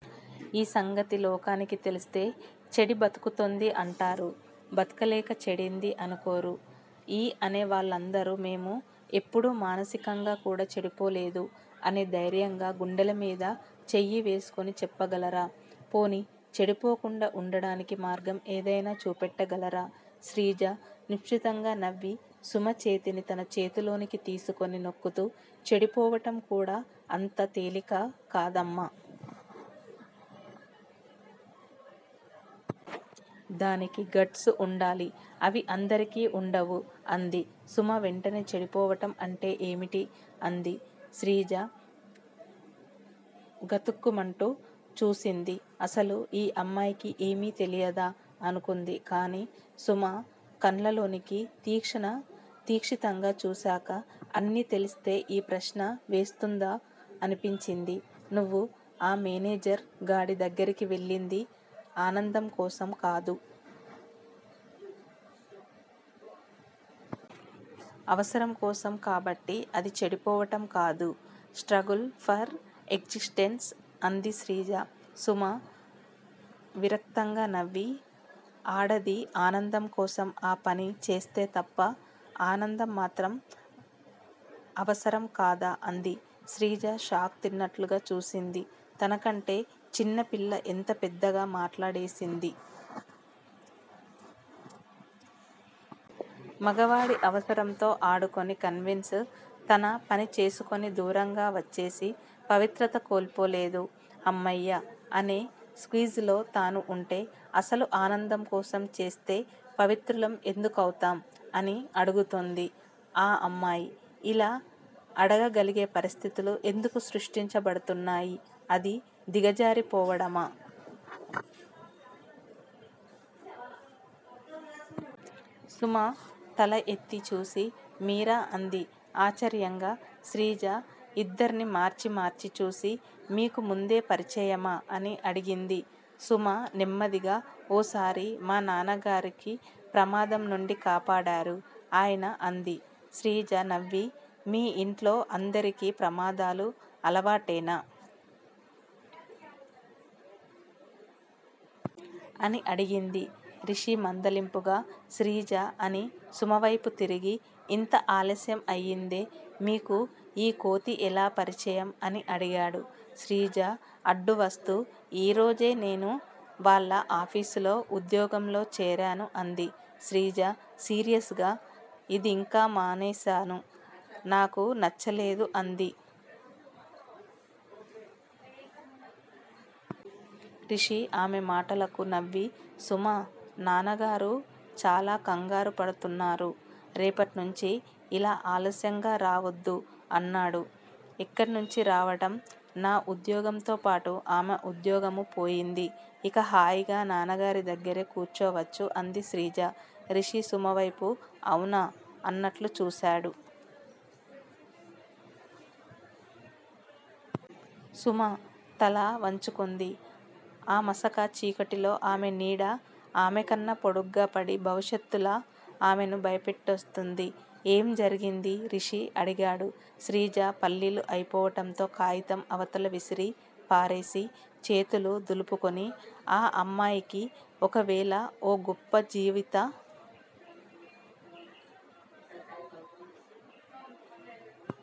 ఈ సంగతి లోకానికి తెలిస్తే చెడి బ్రతుకుతోంది అంటారు. బ్రతకలేక చెడింది అనుకోరు. ఈ అనే వాళ్ళందరూ మేము ఎప్పుడూ మానసికంగా కూడా చెడిపోలేదు అని ధైర్యంగా గుండెల మీద చెయ్యి వేసుకుని చెప్పగలరా? పోనీ చెడిపోకుండా వుండడానికి మార్గం ఏదైనా చూపెట్టగలరా? శ్రీజ నిర్లిప్తంగా నవ్వి, సుమ చేతిని తన చేతిలోకి తీసుకుని నొక్కుతూ చెడిపోవడం కూడా అంత తేలిక కాదమ్మా. దానికీ గట్స్ వుండాలి. అవి అందరికి వుండవు అంది. సుమ వెంటనే చెడిపోవడం అంటే ఏమిటీ? అంది. శ్రీజ గతుక్కుమన్నట్లు చూసింది. అసలు ఈ అమ్మాయికి ఏమీ తెలియదా? అనుకుంది. కానీ సుమ కళ్ళలోని తీక్షణత చూసాక అన్నీ తెలిసే ఈ ప్రశ్న వేస్తోందనిపించింది. నువ్వు ఆ మేనేజర్ గాడి దగ్గరకు వెళ్ళింది ఆనందం కోసం కాదు. అవసరం కోసం కాబట్టి అది చెడిపోవడం కాదు, స్ట్రగుల్ ఫర్ ఎగ్జిట్టెన్స్ అంది శ్రీజ. సుమ విరక్తిగా నవ్వి ఆడది ఆనందం కోసం ఆ పని చేస్తే తప్పా? ఆనందం మాత్రం అవసరం కాదా అంది. శ్రీజ షాక్ తిన్నట్లుగా చూసింది. తనకంటే చిన్నపిల్ల ఎంత పెద్దగా మాట్లాడేసిందీ? మగవాడి అవసరంతో ఆడుకుని, కవ్వించి తన పని చేసుకుని, దూరంగా వచ్చేసి పవిత్రత కోల్పోలేదు అమ్మయ్యా అనే స్లేజ్ లో తను వుంటే అసలు ఆనందం కోసం చేస్తే అపవిత్రులం ఎందుకవుతాం? అని అడుగుతోంది ఈ అమ్మాయి. ఇలా ఆడగలిగే పరిస్థితులు ఎందుకు సృష్టించబడుతున్నాయి? అది దిగజారిపోవడమా? సుమ తల ఎత్తి చూసి మీరా! అంది ఆశ్చర్యంగా. శ్రీజ ఇద్దర్నీ మార్చి మార్చి చూసి మీకు ముందే పరిచయమా? అని అడిగింది. సుమ నెమ్మదిగా ఓసారి మా నాన్నగార్ని ప్రమాదం నుండి కాపాడారు ఈయన అంది. శ్రీజ నవ్వి మీ ఇంట్లో అందరికీ ప్రమాదాలు అలవాటేనా? అని అడిగింది. రిషి మందలింపుగా శ్రీజా అని సుమవైపు తిరిగి ఇంత ఆలస్యం అయిందే? మీకు ఈ కోతి ఎలా పరిచయం? అని అడిగాడు. శ్రీజ అడ్డువస్తూ ఈరోజే నేను వాళ్ళ ఆఫీసులో ఉద్యోగంలో చేరాను అంది. శ్రీజ సీరియస్ గా ఇందాకా మానేసాను. నాకు నచ్చలేదు అంది. రిషి ఆమె మాటలకు నవ్వి సుమా నాన్నగారు చాలా కంగారు పడ్తున్నారు. రేపట్నించీ ఇలా ఆలస్యంగా రావొద్దు అన్నాడు. ఎక్కడ్నించి రావడం? నా ఉద్యోగంతో పాటు ఆమె ఉద్యోగమూ పోయింది. ఇక హాయిగా నాన్నగారి దగ్గరే కూర్చోవచ్చు అంది శ్రీజ. రిషి సుమవైపు అవునా? అన్నట్లు చూసాడు. సుమ తల వంచుకుంది. ఆ మసక చీకటిలో ఆమె నీడ ఆమెకన్నా పొడుగ్గా పడి భవిష్యత్తులా ఆమెని భయపెడ్తోంది. ఏం జరిగిందీ? రిషి అడిగాడు. శ్రీజ పల్లీలు అయిపోవడంతో కాయితం అవతల విసిరి పారేసి, చేతులు దులుపుకుని ఆ అమ్మాయికి ఈ వేళ ఓ గొప్ప జీవిత